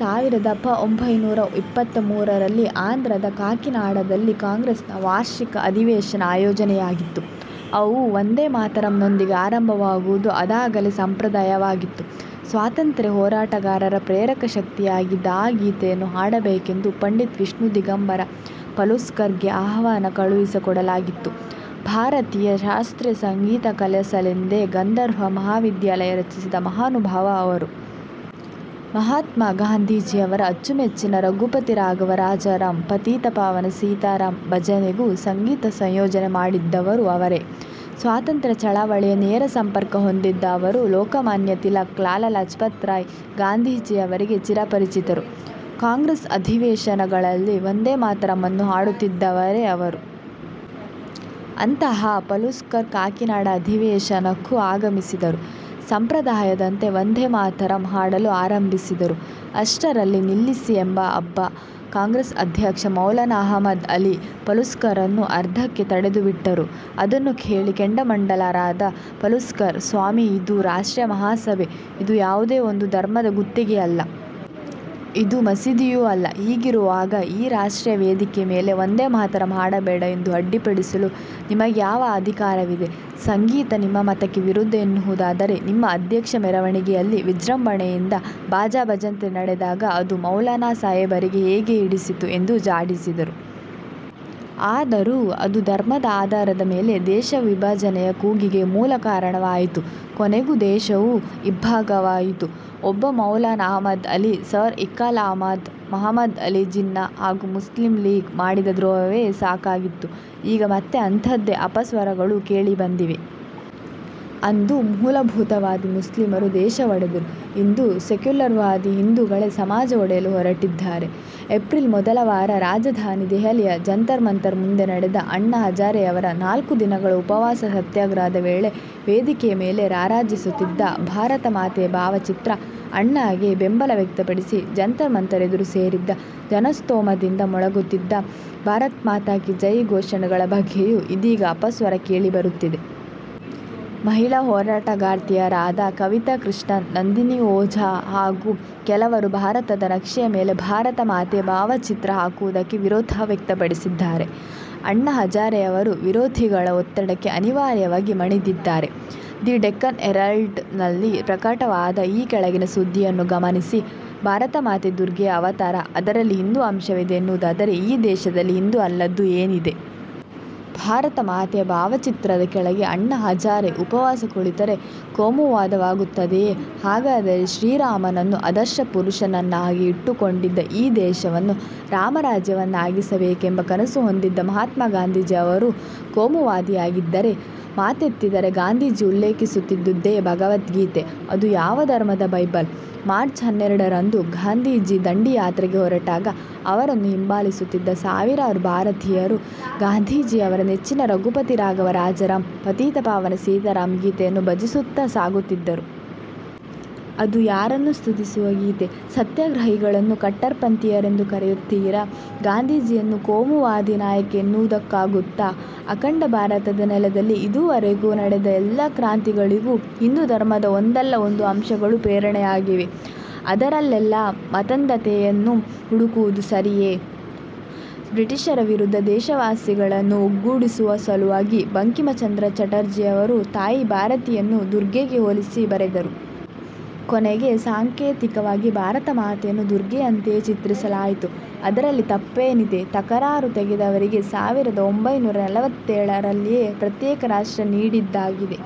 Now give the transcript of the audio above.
ಸಾವಿರದ ಪಒಂಭೈನೂರ ಇಪ್ಪತ್ತ ಮೂರರಲ್ಲಿ ಆಂಧ್ರದ ಕಾಕಿನಾಡದಲ್ಲಿ ಕಾಂಗ್ರೆಸ್ನ ವಾರ್ಷಿಕ ಅಧಿವೇಶನಆಯೋಜನೆಯಾಗಿತ್ತು. ಅವು 'ವಂದೇ ಮಾತರಂ'ನೊಂದಿಗೆ ಆರಂಭವಾಗುವುದು ಅದಾಗಲೇ ಸಂಪ್ರದಾಯವಾಗಿತ್ತು. ಸ್ವಾತಂತ್ರ್ಯ ಹೋರಾಟಗಾರರ ಪ್ರೇರಕ ಶಕ್ತಿಯಾಗಿದ್ದ ಆ ಗೀತೆಯನ್ನು ಹಾಡಬೇಕೆಂದು ಪಂಡಿತ್ ವಿಷ್ಣು ದಿಗಂಬರ ಪಲುಸ್ಕರ್ಗೆ ಆಹ್ವಾನ ಕಳುಹಿಸಿಕೊಡಲಾಗಿತ್ತು. ಭಾರತೀಯ ಶಾಸ್ತ್ರೀಯ ಸಂಗೀತ ಕಲಿಸಲೆಂದೇ ಗಂಧರ್ವ ಮಹಾವಿದ್ಯಾಲಯ ರಚಿಸಿದ ಮಹಾನುಭಾವ ಅವರು. ಮಹಾತ್ಮ ಗಾಂಧೀಜಿಯವರ ಅಚ್ಚುಮೆಚ್ಚಿನ 'ರಘುಪತಿ ರಾಘವ ರಾಜಾರಾಂ, ಪತೀತ ಪಾವನ ಸೀತಾರಾಂ' ಭಜನೆಗೂ ಸಂಗೀತ ಸಂಯೋಜನೆ ಮಾಡಿದ್ದವರು ಅವರೇ. ಸ್ವಾತಂತ್ರ್ಯ ಚಳವಳಿಯ ನೇರ ಸಂಪರ್ಕ ಹೊಂದಿದ್ದ ಅವರು ಲೋಕಮಾನ್ಯ ತಿಲಕ್, ಲಾಲಾ ಲಜಪತ್ ರಾಯ್, ಗಾಂಧೀಜಿಯವರಿಗೆ ಚಿರಪರಿಚಿತರು. ಕಾಂಗ್ರೆಸ್ ಅಧಿವೇಶನಗಳಲ್ಲಿ ವಂದೇ ಮಾತರಂ ಅನ್ನು ಹಾಡುತ್ತಿದ್ದವರೇ ಅವರು. ಅಂತಹ ಪಲುಸ್ಕರ್ ಕಾಕಿನಾಡ ಅಧಿವೇಶನಕ್ಕೂ ಆಗಮಿಸಿದರು. ಸಂಪ್ರದಾಯದಂತೆ ವಂದೇ ಮಾತರಂ ಹಾಡಲು ಆರಂಭಿಸಿದರು. ಅಷ್ಟರಲ್ಲಿ, ನಿಲ್ಲಿಸಿ ಎಂಬ ಅಬ್ಬ ಕಾಂಗ್ರೆಸ್ ಅಧ್ಯಕ್ಷ ಮೌಲಾನ ಅಹಮದ್ ಅಲಿ, ಪಲುಸ್ಕರನ್ನು ಅರ್ಧಕ್ಕೇ ತಡೆದು ಬಿಟ್ಟರು. ಅದನ್ನು ಕೇಳಿ ಕೆಂಡಾಮಂಡಲರಾದ ಪಲುಸ್ಕರ್, 'ಸ್ವಾಮಿ, ಇದು ರಾಷ್ಟ್ರೀಯ ಮಹಾಸಭೆ. ಇದು ಯಾವುದೇ ಒಂದು ಧರ್ಮದ ಗುತ್ತಿಗೆಯಲ್ಲ. ಇದು ಮಸೀದಿಯೂ ಅಲ್ಲ. ಹೀಗಿರುವಾಗ ಈ ರಾಷ್ಟ್ರೀಯ ವೇದಿಕೆ ಮೇಲೆ ವಂದೇ ಮಾತರಂ ಹಾಡಬೇಡ ಎಂದು ಅಡ್ಡಿಪಡಿಸಲು ನಿಮಗ್ಯಾವ ಅಧಿಕಾರವಿದೆ? ಸಂಗೀತ ನಿಮ್ಮ ಮತಕ್ಕೆ ವಿರುದ್ಧ ಎನ್ನುವುದಾದರೆ ನಿಮ್ಮ ಅಧ್ಯಕ್ಷ ಮೆರವಣಿಗೆಯಲ್ಲಿ ವಿಜೃಂಭಣೆಯಿಂದ ಬಾಜಾ ಭಜಂತ್ರಿ ನಡೆದಾಗ ಅದು ಮೌಲಾನ ಸಾಹೇಬರಿಗೆ ಹೇಗೆ ಹಿಡಿಸಿತು? ' ಎಂದು ಜಾಡಿಸಿದರು. ಆದರೂ ಅದು ಧರ್ಮದ ಆಧಾರದ ಮೇಲೆ ದೇಶ ವಿಭಜನೆಯ ಕೂಗಿಗೆ ಮೂಲ ಕಾರಣವಾಯಿತು, ಕೊನೆಗೆ ದೇಶವೂ ಇಬ್ಭಾಗವಾಯಿತು. ಒಬ್ಬ ಮೌಲಾನ ಅಹಮದ್ ಅಲಿ, ಸರ್ ಇಕ್ಬಾಲ್ ಅಹಮದ್, ಮಹಮದ್ ಅಲಿ ಜಿನ್ನಾ ಹಾಗೂ ಮುಸ್ಲಿಂ ಲೀಗ್ ಮಾಡಿದ ದ್ರೋಹವೇ ಸಾಕಾಗಿತ್ತು. ಈಗ ಮತ್ತೆ ಅಂಥದ್ದೇ ಅಪಸ್ವರಗಳು ಕೇಳಿ ಬಂದಿವೆ. ಅಂದು ಮೂಲಭೂತವಾದಿ ಮುಸ್ಲಿಮರು ದೇಶ ಒಡೆದರು, ಇಂದು ಸೆಕ್ಯುಲರ್ವಾದಿ ಹಿಂದುಗಳೇ ಸಮಾಜ ಒಡೆಯಲು ಹೊರಟಿದ್ದಾರೆ. ಏಪ್ರಿಲ್ ಮೊದಲ ವಾರ ರಾಜಧಾನಿ ದೆಹಲಿಯ ಜಂತರ್ಮಂತರ್ ಮುಂದೆ ನಡೆದ ಅಣ್ಣಾ ಹಜಾರೆಯವರ ನಾಲ್ಕು ದಿನಗಳ ಉಪವಾಸ ಸತ್ಯಾಗ್ರಹದ ವೇಳೆ ವೇದಿಕೆಯ ಮೇಲೆ ರಾರಾಜಿಸುತ್ತಿದ್ದ ಭಾರತ ಮಾತೆಯ ಭಾವಚಿತ್ರ, ಅಣ್ಣಾಗೆ ಬೆಂಬಲ ವ್ಯಕ್ತಪಡಿಸಿ ಜಂತರ್ ಮಂತರ್ ಎದುರು ಸೇರಿದ್ದ ಜನಸ್ತೋಮದಿಂದ ಮೊಳಗುತ್ತಿದ್ದ 'ಭಾರತ್ ಮಾತಾ ಕೀ ಜೈ' ಘೋಷಣೆಗಳ ಬಗ್ಗೆಯೂ ಇದೀಗ ಅಪಸ್ವರ ಕೇಳಿಬರುತ್ತಿದೆ. ಮಹಿಳಾ ಹೋರಾಟಗಾರ್ತಿಯರಾದ ಕವಿತಾ ಕೃಷ್ಣನ್, ನಂದಿನಿ ಓಜಾ ಹಾಗೂ ಕೆಲವರು ಭಾರತದ ನಕ್ಷೆಯ ಮೇಲೆ ಭಾರತ ಮಾತೆಯ ಭಾವಚಿತ್ರ ಹಾಕುವುದಕ್ಕೆ ವಿರೋಧ ವ್ಯಕ್ತಪಡಿಸಿದ್ದಾರೆ. ಅಣ್ಣಾ ಹಜಾರೆಯವರು ವಿರೋಧಿಗಳ ಒತ್ತಡಕ್ಕೆ ಅನಿವಾರ್ಯವಾಗಿ ಮಣಿದಿದ್ದಾರೆ. ದಿ ಡೆಕ್ಕನ್ ಹೆರಾಲ್ಡ್ನಲ್ಲಿ ಪ್ರಕಟವಾದ ಈ ಕೆಳಗಿನ ಸುದ್ದಿಯನ್ನು ಗಮನಿಸಿ. ಭಾರತ ಮಾತೆ ದುರ್ಗೆಯ ಅವತಾರ, ಅದರಲ್ಲಿ ಹಿಂದು ಅಂಶವಿದೆ ಎನ್ನುವುದಾದರೆ ಈ ದೇಶದಲ್ಲಿ ಹಿಂದು ಅಲ್ಲದ್ದು ಏನಿದೆ. ಭಾರತ ಮಾತೆಯ ಭಾವಚಿತ್ರದ ಕೆಳಗೆ ಅಣ್ಣಾ ಹಜಾರೆ ಉಪವಾಸ ಕುಳಿತರೆ ಕೋಮುವಾದವಾಗುತ್ತದೆಯೆ? ಹಾಗಾದರೆ ಶ್ರೀರಾಮನನ್ನು ಅದರ್ಶ ಪುರುಷನನ್ನಾಗಿ ಇಟ್ಟುಕೊಂಡಿದ್ದ, ಈ ದೇಶವನ್ನು ರಾಮರಾಜ್ಯವನ್ನಾಗಿಸಬೇಕೆಂಬ ಕನಸು ಹೊಂದಿದ್ದ ಮಹಾತ್ಮ ಗಾಂಧೀಜಿ ಅವರೂ ಕೋಮುವಾದಿಯಾಗಿದ್ದರೆ? ಮಾತೆತ್ತಿದರೆ ಗಾಂಧೀಜಿ ಉಲ್ಲೇಖಿಸುತ್ತಿದ್ದುದೇ ಭಗವದ್ಗೀತೆ. ಅದು ಯಾವ ಧರ್ಮದ ಬೈಬಲ್?, ಮಾರ್ಚ್ ಹನ್ನೆರಡರಂದು ಗಾಂಧೀಜಿ ದಂಡಿ ಯಾತ್ರೆಗೆ ಹೊರಟಾಗ ಅವರನ್ನು ಹಿಂಬಾಲಿಸುತ್ತಿದ್ದ ಸಾವಿರಾರು ಭಾರತೀಯರು ಗಾಂಧೀಜಿಯವರ ನೆಚ್ಚಿನ 'ರಘುಪತಿ ರಾಘವ ರಾಜಾರಾಂ, ಪತೀತ ಪಾವನ ಸೀತಾರಾಂ' ಗೀತೆಯನ್ನು ಭಜಿಸುತ್ತಾ ಸಾಗುತ್ತಿದ್ದರು. ಅದು ಯಾರನ್ನು ಸ್ತುತಿಸುವ ಗೀತೆ. ಸತ್ಯಾಗ್ರಹಿಗಳನ್ನೂ ಕಟ್ಟರ್ಪಂಥೀಯರೆಂದು ಕರೆಯುತ್ತೀರಾ ಗಾಂಧೀಜಿಯನ್ನು ಕೋಮುವಾದಿ ನಾಯಕ ಎನ್ನುವುದಕ್ಕಾಗುತ್ತಾ? ಅಖಂಡ ಭಾರತದ ನೆಲದಲ್ಲಿ ಇದುವರೆಗೂ ನಡೆದ ಎಲ್ಲ ಕ್ರಾಂತಿಗಳಿಗೂ ಹಿಂದು ಧರ್ಮದ ಒಂದಲ್ಲ ಒಂದು ಅಂಶಗಳು ಪ್ರೇರಣೆಯಾಗಿವೆ. ಅದರಲ್ಲೆಲ್ಲ ಮತಾಂಧತೆಯನ್ನು ಹುಡುಕುವುದು ಸರಿಯೇ? ಬ್ರಿಟಿಷರ ವಿರುದ್ಧ ದೇಶವಾಸಿಗಳನ್ನು ಒಗ್ಗೂಡಿಸುವ ಸಲುವಾಗಿ ಬಂಕಿಮ ಚಂದ್ರ ಚಟರ್ಜಿಯವರು ತಾಯಿ ಭಾರತಿಯನ್ನು ದುರ್ಗೆಗೆ ಹೋಲಿಸಿ ಬರೆದರು. ಕೊನೆಗೆ ಸಾಂಕೇತಿಕವಾಗಿ ಭಾರತಮಾತೆಯನ್ನು ದುರ್ಗೆಯಂತೆಯೇ ಚಿತ್ರಿಸಲಾಯಿತು. ಅದರಲ್ಲಿ ತಪ್ಪೇನಿದೆ. ತಕರಾರು ತೆಗೆದವರಿಗೆ ಸಾವಿರದ ಒಂಭೈನೂರ ನಲವತ್ತೇಳ ರಲ್ಲಿಯೇ ಪ್ರತ್ಯೇಕ ರಾಷ್ಟ್ರ ನೀಡಿದ್ದಾಗಿದೆ.